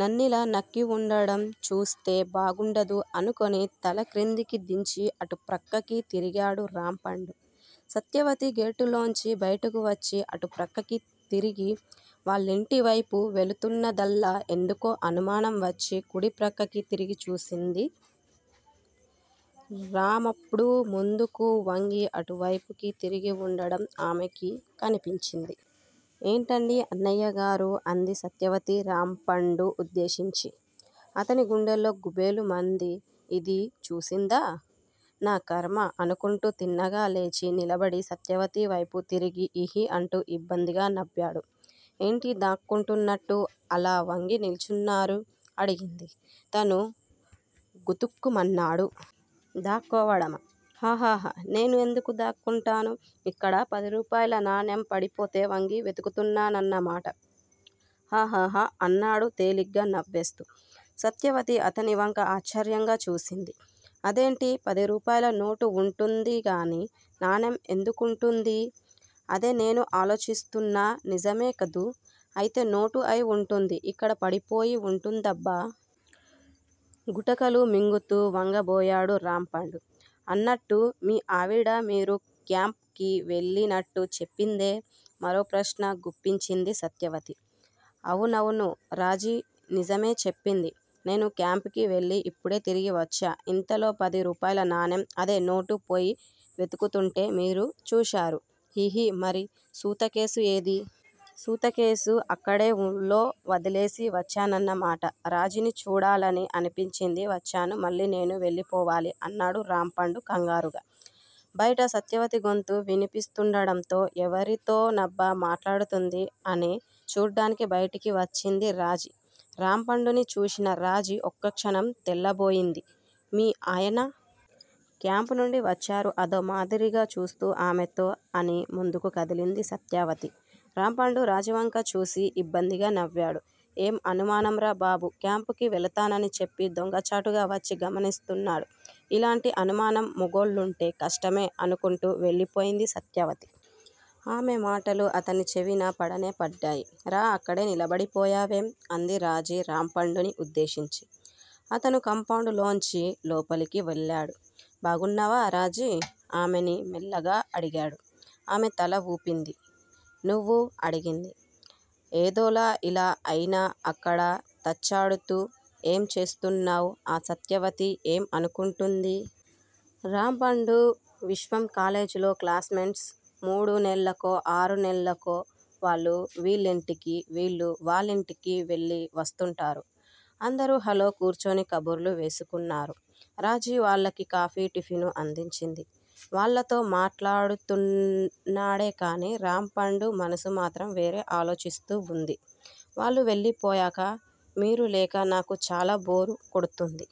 నన్నిలా నక్కి వుండటం చూస్తె బాగుండదు అనుకుని తల క్రిందకి దించి అటు ప్రక్కకి తిరిగాడు రాంపండు. సత్యవతి గేటులోంచి బయటకి వచ్చి అటుప్రక్కకి తిరిగి వాళ్ళింటివైపు వెళుతున్నదల్లా ఎందుకో అనుమానం వచ్చి కుడి ప్రక్కకి తిరిగి చూసింది. రామప్మ్డు ముందుకు వంగి అటు వైపుకి తిరిగి వుండడం ఆమెకి కనిపించింది. ఏటండీ అన్నయ్య గరూ అంది సత్యవతి రాంపండు ఉద్దేశించి. అతని గుండెల్లో గుభేల్ మంది. ఇది చూసిందా? నా ఖర్మ!! అనుకుంటూ తిన్నగా లేచి నిలబడి సత్యవతి వైపు తిరిగి హిహి అంటూ యిబ్బందిగా నవ్వాడు. ఏంటీ దాక్కుంటునట్టు అలా వంగి నిల్చున్నారు? అడిగింది. తను గతుక్కుమన్నాడు. 'దాక్కోడామా? హహహ నేను ఎందుకు దాక్కుంటాను ఇక్కడ పదిరూపాయల నాణెం పడిపోతే వంగి వెతుకుతున్నాన్నమాట. హహహ అన్నాడు తేలిగ్గా నవ్వేస్తూ. సత్యవతి అతనివంక ఆశ్చర్యంగా చూసింది. అదేంటి పది రూపాయల నోటు వుంటుందిగానీ నాణెం ఎందుకుంటుందీ? అదే నేనూ ఆలోచిస్తున్నా నిజమే కదూ? అయితే నోటే అయి వుంటుంది ఎక్కడ పడిపోయి వుంటుందబ్బా? గుటకలు మింగుతూ వంగబోయాడు రాంపండు. అన్నట్టు మీ ఆవిడా మీరు క్యాంప్ కి వెళ్ళినట్టు చెప్పిందే? మరో ప్రశ్న గుప్పించింది సత్యవతి. అవునవును! రాజీ నిజమే చెప్పింది. నేను క్యాంప్ కి వెళ్ళి ఇప్పుడే తిరిగి వచ్చా ఇంతలో పది రూపాయల నాణెం అదే నోటు పోయి వెతుకుతుంటే మీరు చూశారు హిహి మరి సూత కేసు ఏది? సూత కేసు అక్కడే వూళ్ళో వదిలేసి వచ్చానాన్నమాట!! రాజీని చూడాలని అనిపించింది వచ్చాను మళ్ళీ నేను వెళ్ళిపోవాలి! అన్నాడు రాంపండు కంగారుగా. బయట సత్యవతి గొంతు వినిపిస్తూడడంతో ఎవరితోనబ్బా మాట్లాడుతుంది అని చూడ్డానికి బయటకి వచ్చింది రాజీ. రాంపండుని చూసిన రాజీ ఒక్కక్షణం తెల్లబోయింది. మీ ఆయన! క్యాంప్ నుండి వచ్చారు అదో మాదిరిగా చూస్తూ ఆమెతో అని ముందుకు కదిలింది సత్యవతి. రాంపండు రాజీ వంక చూసి యిబ్బందిగా నవ్వాడు. ఏం అనుమానంరా బాబూ! క్యాంప్ కి వెళతానని చెప్పి దొంగచాటుగా వచ్చి గనిస్తున్నాడు. ఇలాంటి అనుమానం మొగుళ్ళుంటే కష్టమే అనుకుంటూ వెళ్ళిపోయింది సత్యవతి. ఆమె మాటలు అతని చెవిన పడనే పడ్డాయి. రా అక్కడే నిలబడిపోయావేం? అంది రాజీ రాంపండుని ఉద్దేశించి. అతను కాంపౌండ్ లోంచి లోపలకి వెళ్ళాడు. బాగున్నావా రాజీ? ఆమెని మెల్లగా అడిగాడు. ఆమె తల వూపింది. నువ్వు? అడిగింది. ఏదోల ఇలా అయినా అక్కడ తచ్చాడుతూ ఏం చేస్తున్నావ్ ఆ సత్యవతి ఏం అనుకుంటుంది? రాంపండూ, విశ్వం కాలేజీలో క్లాస్ మేట్స్. మూడు నేల్లకో, ఆర్నెల్లకో వాళ్ళు వీళ్ళింటికీ, వీళ్ళు వాళ్ళింటికీ వెళ్ళి వస్తుంటారు. అందరూ హలో కూర్చుని కబుర్లు వేసుకున్నారు. రాజీ వాళ్లకి కాఫీ, టిఫిను అందించింది. వాళ్ళతో మాట్లాడుతున్నాడేగానీ రాంపండు మనసు మాత్రం వేరే ఆలోచిస్తూ వుంది. వాళ్ళు వెళ్ళిపోయాక మీరు లేక నాకు చాలా బోర్ కొడ్తుంది.